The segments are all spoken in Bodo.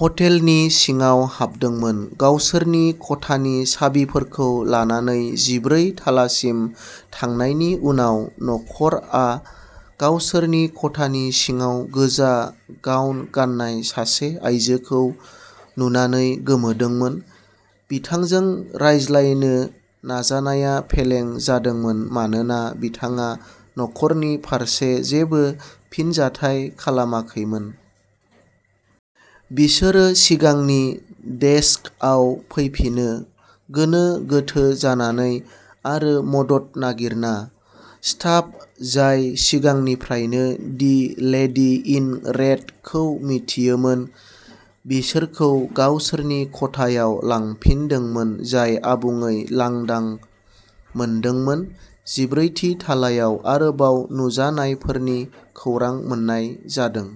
हटेलनि सिङाव हाबदोंमोन। गावसोरनि खथानि साबिफोरखौ लानानै जिब्रै थालासिम थांनायनि उनाव, न'खरआ गावसोरनि खथानि सिङाव गोजा गाउन गान्नाय सासे आयजोखौ नुनानै गोमोदोंमोन। बिथांजों रायज्लायनो नाजानाया फेलें जादोंमोन मानोना बिथाङा न'खरनि फारसे जेबो फिनजाथाय खालामाखैमोन। बिसोरो सिगांनि डेस्कआव फैफिनो, गोनो गोथो जानानै आरो मदद नागिरना। स्टाफ, जाय सिगांनिफ्रायनो दि लेडी इन रेडखौ मिथियोमोन, बिसोरखौ गावसोरनि खथायाव लांफिनदोंमोन, जाय आबुङै लांदां मोनदोंमोन। जिब्रैथि थालायाव आरोबाव नुजानायफोरनि खौरां मोन्नाय जादों।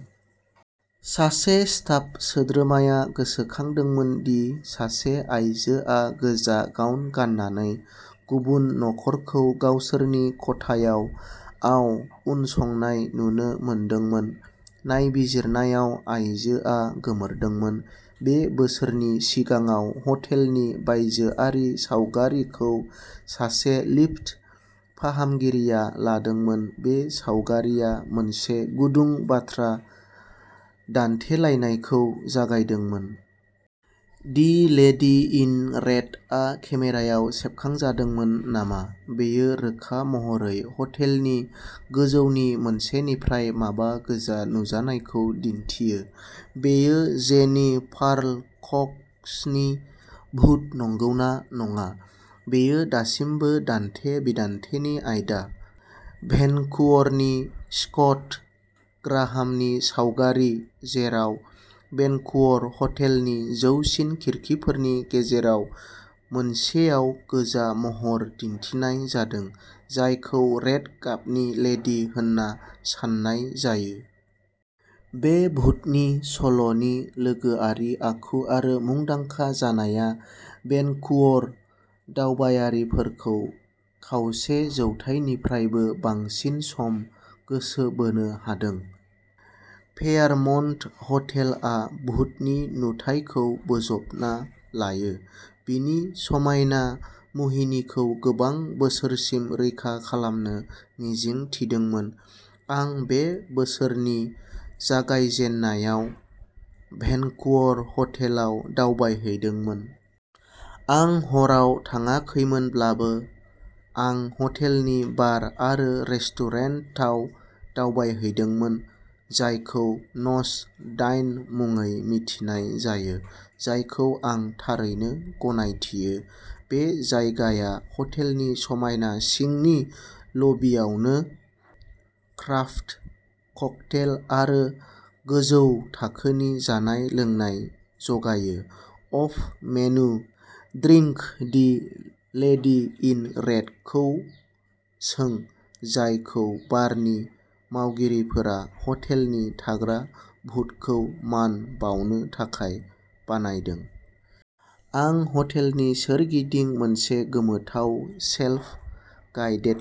सासे स्टाफ सोद्रोमाया गोसोखांदोंमोन दि सासे आइजोआ गोजा गाउन गान्नानै गुबुन न'खरखौ गावसोरनि खथायाव आव उनसंनाय नुनो मोनदोंमोन। नायबिजिरनायाव, आइजोआ गोमोरदोंमोन। बे बोसोरनि सिगाङाव हटेलनि बायजोआरि सावगारिखौ सासे लिफ्ट फाहामगिरिया लादोंमोन। बे सावगारिया मोनसे गुदुं बाथ्रा दान्थेलायनायखौ जागायदोंमोन। दि लेडी इन रेडआ केमेरायाव सेबखांजादोंमोन नामा? बेयो रोखा महरै हटेलनि गोजौनि मोनसेनिफ्राय माबा गोजा नुजानायखौ दिन्थियो। बेयो जेनि पार्ल कक्सनि भुत नंगौना नङा, बेयो दासिमबो दान्थे-बिदान्थेनि आयदा। भेनकुवरनि स्कट ग्राहामनि सावगारि, जेराव भेनकुवर हटेलनि जौसिन खिरखिफोरनि गेजेराव मोनसेयाव गोजा महर दिन्थिनाय जादों, जायखौ रेड गाबनि लेडि होन्ना सान्नाय जायो। बे भुतनि सल'नि लोगोआरि आखु आरो मुंदांखा जानाया भेनकुवर दावबायारिफोरखौ खावसे जौथाइनिफ्रायबो बांसिन सम गोसो बोनो हादों। फेयारमन्ट हटेलआ भुतनि नुथायखौ बोजबना लायो, बिनि समायना मुहिनिखौ गोबां बोसोरसिम रैखा खालामनो मिजिं थिदोंमोन। आं बे बोसोरनि जागायजेन्नायाव भेनकुवर हटेलाव दावबायहैदोंमोन। आं हराव थाङाखैमोनब्लाबो, आं हटेलनि बार आरो रेस्टुरेन्टाव दावबायहैदोंमोन, जायखौ नच दाइन मुङै मिथिनाय जायो, जायखौ आं थारैनो गनायथियो। बे जायगाया हटेलनि समायना सिंनि लबियावनो क्राफ्ट ककटेल आरो गोजौ थाखोनि जानाय-लोंनाय जगायो। Off menu drink the lady in रेड'खौ सों, जायखौ बारनि मावगिरिफोरा हटेलनि थाग्रा भुतखौ मान बावनो थाखाय बानायदों। आं हटेलनि सोरगिदिं मोनसे गोमोथाव सेल्फ गाइडेड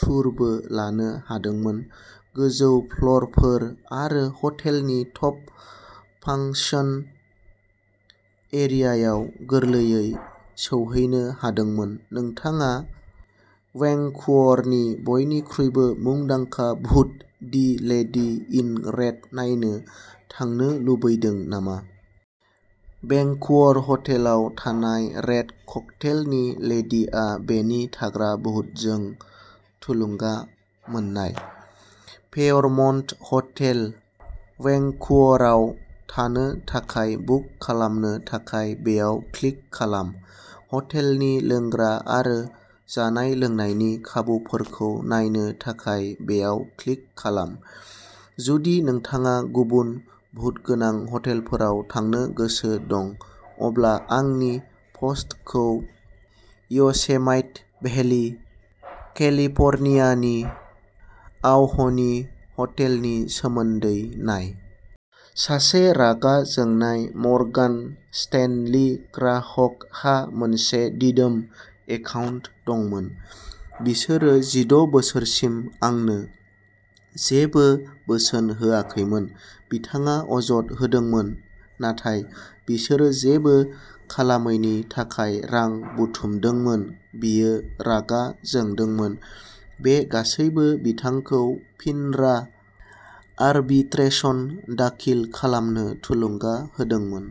टुरबो लानो हादोंमोन, गोजौ फ्ल'रफोर आरो हटेलनि टप फांसन एरियायाव गोरलैयै सौहैनो हादोंमोन। नोंथाङा वैंकूवरनि बयनिख्रुइबो मुंदांखा भुत, दि लेडी इन रेड नायनो थांनो लुबैदों नामा? भेंकूवर हटेलाव थानाय रेड ककटेलनि लेडिआ बेनि थाग्रा भुतजों थुलुंगा मोननाय। फेयरमन्ट हटेल वैंकूवराव थानो थाखाय बुक खालामनो थाखाय बेयाव क्लिक खालाम। हटेलनि लोंग्रा आरो जानाय-लोंनायनि खाबुफोरखौ नायनो थाखाय बेयाव क्लिक खालाम। जुदि नोंथाङा गुबुन भुतगोनां हटेलफोराव थांनो गोसो दं, अब्ला आंनि प'स्टखौ य'सेमाइट भेलि, केलिफ'र्नियानि आवहनी हटेलनि सोमोन्दै नाय। सासे रागा जोंनाय मर्गान स्टेनली ग्राहकहा मोनसे दिदोम एकाउन्ट दंमोन। बिसोरो जिद' बोसोरसिम आंनो जेबो बोसोन होआखैमोन, बिथाङा अजद होदोंमोन। नाथाय बिसोरो जेबो खालामैनि थाखाय रां बुथुमदोंमोन, बियो रागा जोंदोंमोन। बे गासैबो बिथांखौ फिनरा आरबिट्रेशन दाखिल खालामनो थुलुंगा होदोंमोन।